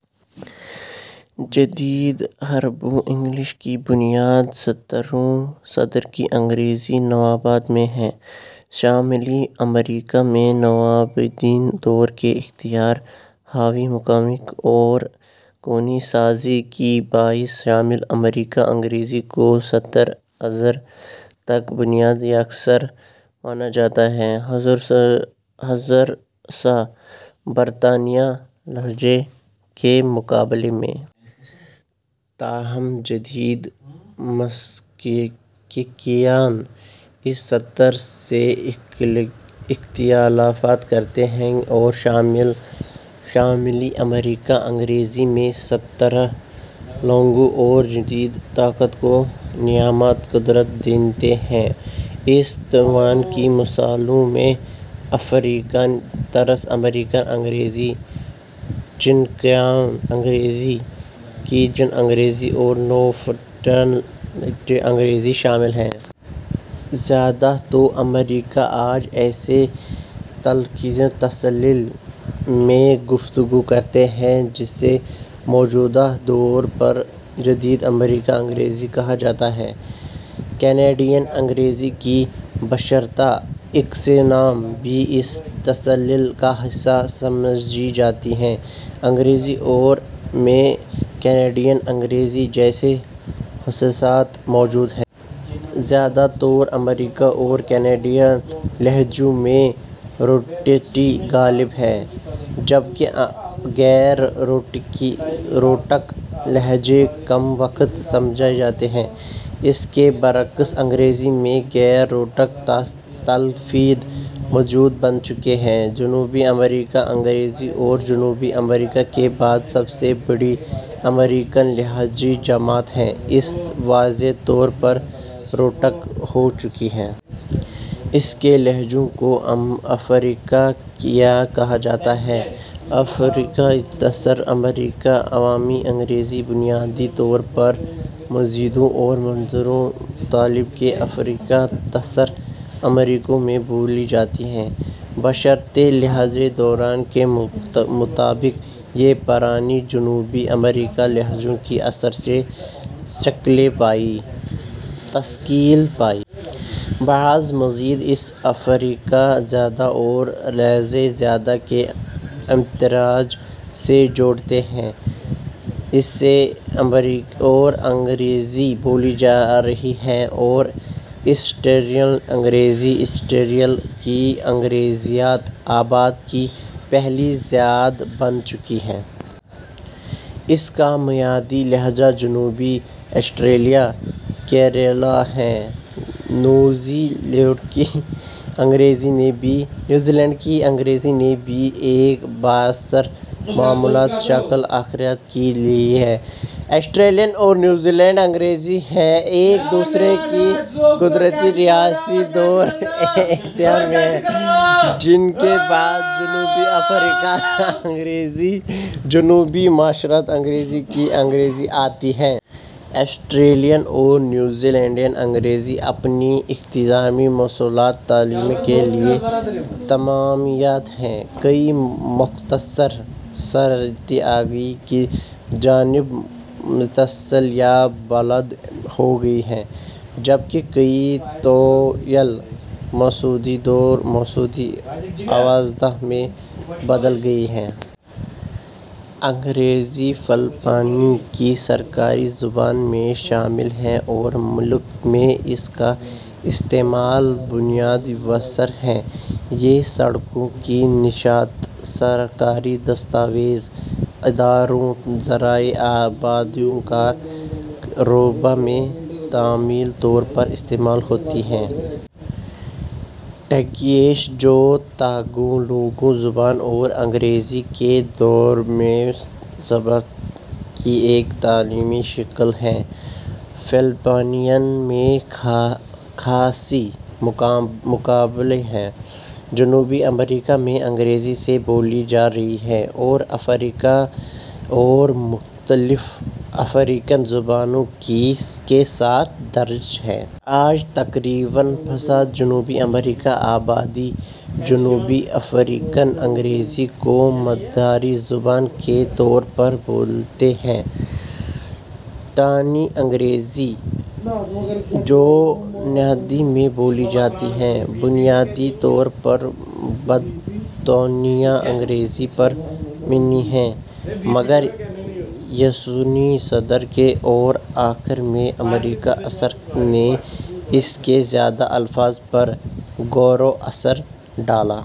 جدید ہایبرنو-انگلش کی بنیاد سترھویں صدی کی انگریزی نوآبادیات میں ہے۔ شمالی امریکا میں نوآبادیاتی دور کے اختلاط، باہمی موافقت اور کوئنے سازی کے باعث شمالی امریکی انگریزی کو طویل عرصے تک نسبتاً یکساں سمجھا جاتا رہا، خصوصاً برطانوی لہجوں کے مقابلے میں۔ تاہم جدید محققین اس تصور سے اختلاف کرتے ہیں اور شمالی امریکی انگریزی میں صوتی، لغوی اور جغرافیائی تنوع کو نمایاں قرار دیتے ہیں۔ اس تنوع کی مثالوں میں افریقی نژاد امریکی انگریزی ، چیکانو انگریزی ، کیجن انگریزی اور نیو فاؤنڈ لینڈ انگریزی شامل ہیں۔ زیادہ تر امریکی آج ایسے تلفظی تسلسل میں گفتگو کرتے ہیں جسے مجموعی طور پر جنرل امریکن انگریزی کہا جاتا ہے۔ کینیڈین انگریزی کی بیشتر اقسام بھی اسی تسلسل کا حصہ سمجھی جاتی ہیں، اگرچہ ان میں کینیڈین ریزنگ جیسی خصوصیات موجود ہیں۔ زیادہ تر امریکی اور کینیڈین لہجوں میں روٹیسٹی غالب ہے، جبکہ غیر روٹک لہجے کم وقعت سمجھے جاتے ہیں۔ اس کے برعکس انگلستان میں غیر روٹک تلفظ معیاری بن چکا ہے۔ جنوبی امریکی انگریزی ، جو جنرل امریکن کے بعد سب سے بڑی امریکی لہجائی جماعت ہے، اب واضح طور پر روٹک ہو چکی ہے۔ اس کے لہجوں کو عموماً یا کہا جاتا ہے۔ افریقی نژاد امریکی عوامی انگریزی بنیادی طور پر مزدور اور متوسط طبقے کے افریقی نژاد امریکیوں میں بولی جاتی ہے۔ بیشتر لسانیات دانوں کے مطابق یہ پرانے جنوبی امریکی لہجوں کے اثر سے تشکیل پائی۔ بعض ماہرین اسے افریقی زبانوں اور رطانہ زبانیں کے امتزاج سے جوڑتے ہیں۔ ء سے اوقیانوسیہ میں انگریزی بولی جا رہی ہے اور آسٹریلوی انگریزی آسٹریلیا کی اکثریتی آبادی کی پہلی زبان بن چکی ہے۔ اس کا معیاری لہجہ جنرل آسٹریلین کہلاتا ہے۔ نیوزی لینڈ کی انگریزی نے بھی ایک بااثر معیاری شکل اختیار کر لی ہے۔ آسٹریلوی اور نیوزی لینڈی انگریزی ایک دوسرے کی قریبی رشتہ دار اقسام ہیں، جن کے بعد جنوبی افریقی انگریزی اور جنوب مشرقی انگلستان کی انگریزی آتی ہیں۔ آسٹریلوی اور نیوزی لینڈی انگریزی اپنی اختراعی مصوتی تبدیلیوں کے لیے نمایاں ہیں۔ کئی مختصر مصوتے آگے کی جانب منتقل یا بلند ہو گئے ہیں، جبکہ کئی طویل مصوتے دو مصوتی آوازوں میں بدل گئے ہیں۔ انگریزی فلپائن کی سرکاری زبانوں میں شامل ہے اور ملک میں اس کا استعمال نہایت وسیع ہے۔ یہ سڑکوں کے نشانات، سرکاری دستاویزات، عدالتوں، ذرائع ابلاغ اور کاروبار میں نمایاں طور پر استعمال ہوتی ہے۔ ٹیگلیش ، جو تگالوگ زبان اور انگریزی کے درمیان ضابطہ تبدیلی کی ایک نمایاں شکل ہے، فلپائن میں خاصی مقبول ہے۔ جنوبی افریقا میں انگریزی ء سے بولی جا رہی ہے اور افریکانس اور مختلف افریقی زبانوں کے ساتھ رائج ہے۔ آج تقریباً فیصد جنوبی افریقی آبادی جنوبی افریقی انگریزی کو مادری زبان کے طور پر بولتی ہے۔ ۔ نائجیریائی انگریزی ، جو نائجیریا میں بولی جاتی ہے، بنیادی طور پر برطانوی انگریزی پر مبنی ہے، مگر بیسویں صدی کے اواخر میں امریکی اثرات نے اس کے ذخیرہ الفاظ پر گہرا اثر ڈالا۔